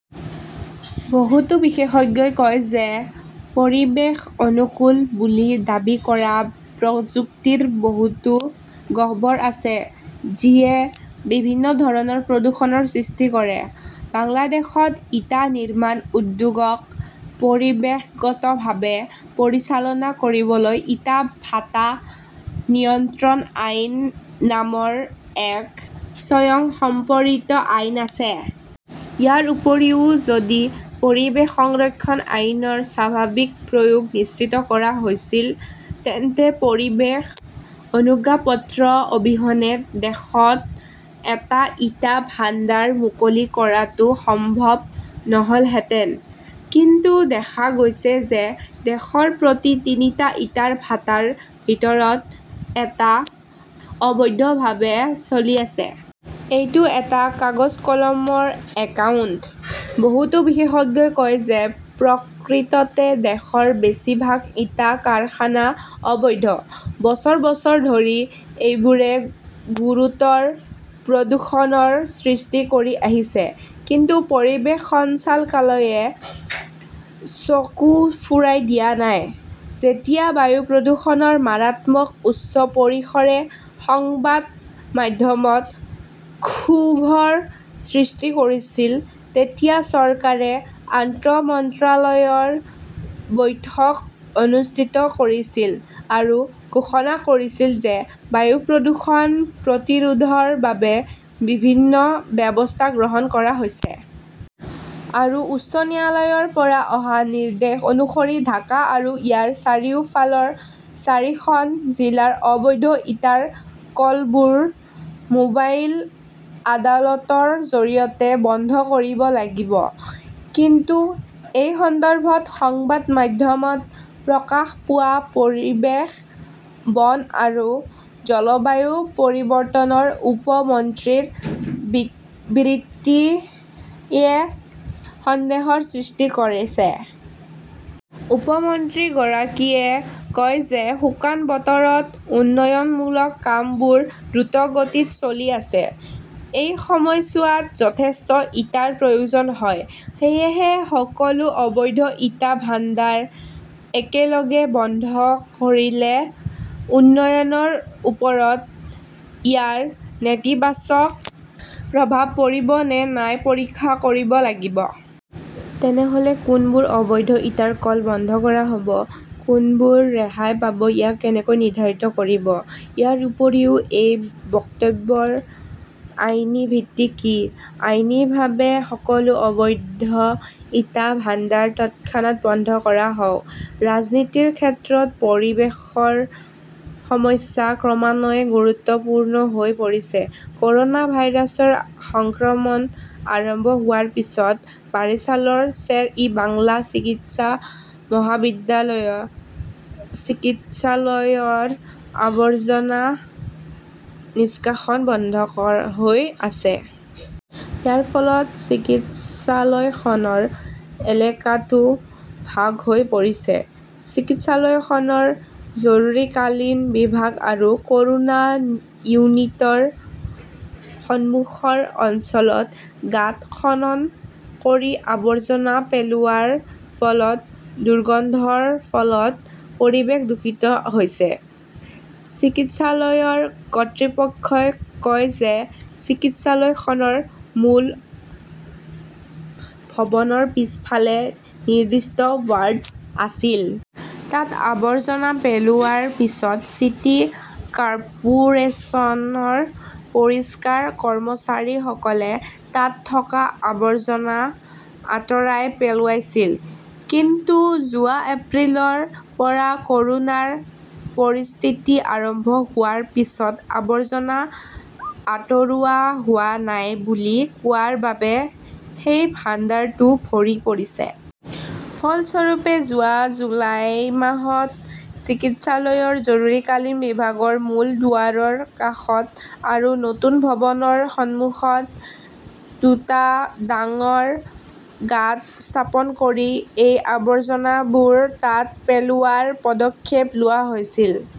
বহুতো বিশেষজ্ঞই কয় যে পৰিৱেশ অনুকূল বুলি দাবী কৰা প্ৰযুক্তিৰ বহুতো গহ্বৰ আছে যিয়ে বিভিন্ন ধৰণৰ প্ৰদূষণৰ সৃষ্টি কৰে। বাংলাদেশত ইটা নিৰ্মাণ উদ্যোগক পৰিৱেশগতভাৱে পৰিচালনা কৰিবলৈ ইটা ভাটা নিয়ন্ত্ৰণ আইন নামৰ এক স্বয়ংসম্পৰিত আইন আছে। ইয়াৰ উপৰিও, যদি পৰিৱেশ সংৰক্ষণ আইনৰ স্বাভাৱিক প্ৰয়োগ নিশ্চিত কৰা হৈছিল, তেন্তে পৰিৱেশ অনুজ্ঞাপত্ৰ অবিহনে দেশত এটা ইটা ভাণ্ডাৰ মুকলি কৰাটো সম্ভৱ নহ'লহেঁতেন। কিন্তু দেখা গৈছে যে দেশৰ প্ৰতি তিনিটা ইটাৰ ভাটাৰ ভিতৰত এটা অবৈধভাৱে চলি আছে। এইটো এটা কাগজ-কলমৰ একাউণ্ট। বহুতো বিশেষজ্ঞই কয় যে প্ৰকৃততে দেশৰ বেছি ভাগ ইটা কাৰখানা অবৈধ। বছৰ বছৰ ধৰি এইবোৰে গুৰুতৰ প্ৰদূষণৰ সৃষ্টি কৰি আহিছে, কিন্তু পৰিৱেশ সঞ্চালকালয়ে চকু ফুৰাই দিয়া নাই। যেতিয়া বায়ু প্ৰদূষণৰ মাৰাত্মক উচ্চ পৰিসৰে সংবাদ মাধ্যমত ক্ষোভৰ সৃষ্টি কৰিছিল, তেতিয়া চৰকাৰে আন্তঃ মন্ত্ৰালয়ৰ বৈঠক অনুষ্ঠিত কৰিছিল আৰু ঘোষণা কৰিছিল যে বায়ু প্ৰদূষণ প্ৰতিৰোধৰ বাবে বিভিন্ন ব্যৱস্থা গ্ৰহণ কৰা হৈছে। আৰু উচ্চ ন্যায়ালয়ৰ পৰা অহা নিৰ্দেশ অনুসৰি ঢাকা আৰু ইয়াৰ চাৰিওফালৰ চাৰিখন জিলাৰ অবৈধ ইটাৰ কলবোৰ মোবাইল আদালতৰ জৰিয়তে বন্ধ কৰিব লাগিব। কিন্তু এই সন্দৰ্ভত সংবাদ মাধ্যমত প্ৰকাশ পোৱা পৰিৱেশ, বন আৰু জলবায়ু পৰিৱৰ্তনৰ উপ মন্ত্ৰীৰ বিবৃতিয়ে সন্দেহৰ সৃষ্টি কৰিছে। উপ-মন্ত্ৰীগৰাকীয়ে কয় যে শুকান বতৰত উন্নয়নমূলক কামবোৰ দ্ৰুতগতিত চলি আছে, এই সময়ছোৱাত যথেষ্ট ইটাৰ প্ৰয়োজন হয়। সেয়েহে সকলো অবৈধ ইটা ভাণ্ডাৰ একেলগে বন্ধ কৰিলে উন্নয়নৰ ওপৰত ইয়াৰ নেতিবাচক প্ৰভাৱ পৰিব নে নাই পৰীক্ষা কৰিব লাগিব। তেনেহ 'লে কোনবোৰ অবৈধ ইটাৰ কল বন্ধ কৰা হ'ব, কোনবোৰে ৰেহাই পাব-ইয়াক কেনেকৈ নিৰ্ধাৰণ কৰিব? ইয়াৰ উপৰিও এই বক্তব্যৰ আইনী ভিত্তি কি? আইনীভাৱে সকলো অবৈধ ইটা ভাণ্ডাৰ তৎক্ষণাত বন্ধ কৰা হওক। ৰাজনীতিৰ ক্ষেত্ৰত পৰিৱেশৰ সমস্যা ক্ৰমান্বয়ে গুৰুত্বপূৰ্ণ হৈ পৰিছে কৰ'না ভাইৰাছৰ সংক্ৰমণ আৰম্ভ হোৱাৰ পিছত বাৰিছালৰ শ্বেৰ-ই-বাংলা চিকিৎসা মহাবিদ্যালয় চিকিৎসালয়ৰ আৱৰ্জনা নিষ্কাশন বন্ধ হৈ আছে। ইয়াৰ ফলত চিকিৎসালয়খনৰ এলেকাটো ভাগ হৈ পৰিছে। চিকিৎসালয়খনৰ জৰুৰীকালীন বিভাগ আৰু কৰোনা ইউনিটৰ সন্মুখৰ অঞ্চলত গাঁত খনন কৰি আৱৰ্জনা পেলোৱাৰ ফলত দুৰ্গন্ধৰ ফলত পৰিৱেশ দূষিত হৈছে। চিকিৎসালয়ৰ কৰ্তৃপক্ষই কয় যে ,চিকিৎসালয়খনৰ মূল ভৱনৰ পিছফালে নিৰ্দিষ্ট ৱাৰ্ড আছিল। তাত আৱৰ্জনা পেলোৱাৰ পিছত চিটি কৰ্পোৰেচনৰ পৰিষ্কাৰ কৰ্মচাৰীসকলে তাত থকা আৱৰ্জনা আঁতৰাই পেলাইছিল। কিন্তু যোৱা এপ্ৰিলৰ পৰা কৰোনাৰ পৰিস্থিতি আৰম্ভ হোৱাৰ পিছত আৱৰ্জনা আতৰোৱা হোৱা নাই বুলি কোৱাৰ বাবে সেই ভাণ্ডাৰটো ভৰি পৰিছে। ফলস্বৰূপে, যোৱা জুলাই মাহত চিকিৎসালয়ৰ জৰুৰীকালীন বিভাগৰ মূল দুৱাৰৰ কাষত আৰু নতুন ভৱনৰ সন্মুখত দুটা ডাঙৰ গাঁত স্থাপন কৰি এই আৱৰ্জনাবোৰ তাত পেলোৱাৰ পদক্ষেপ লোৱা হৈছিল।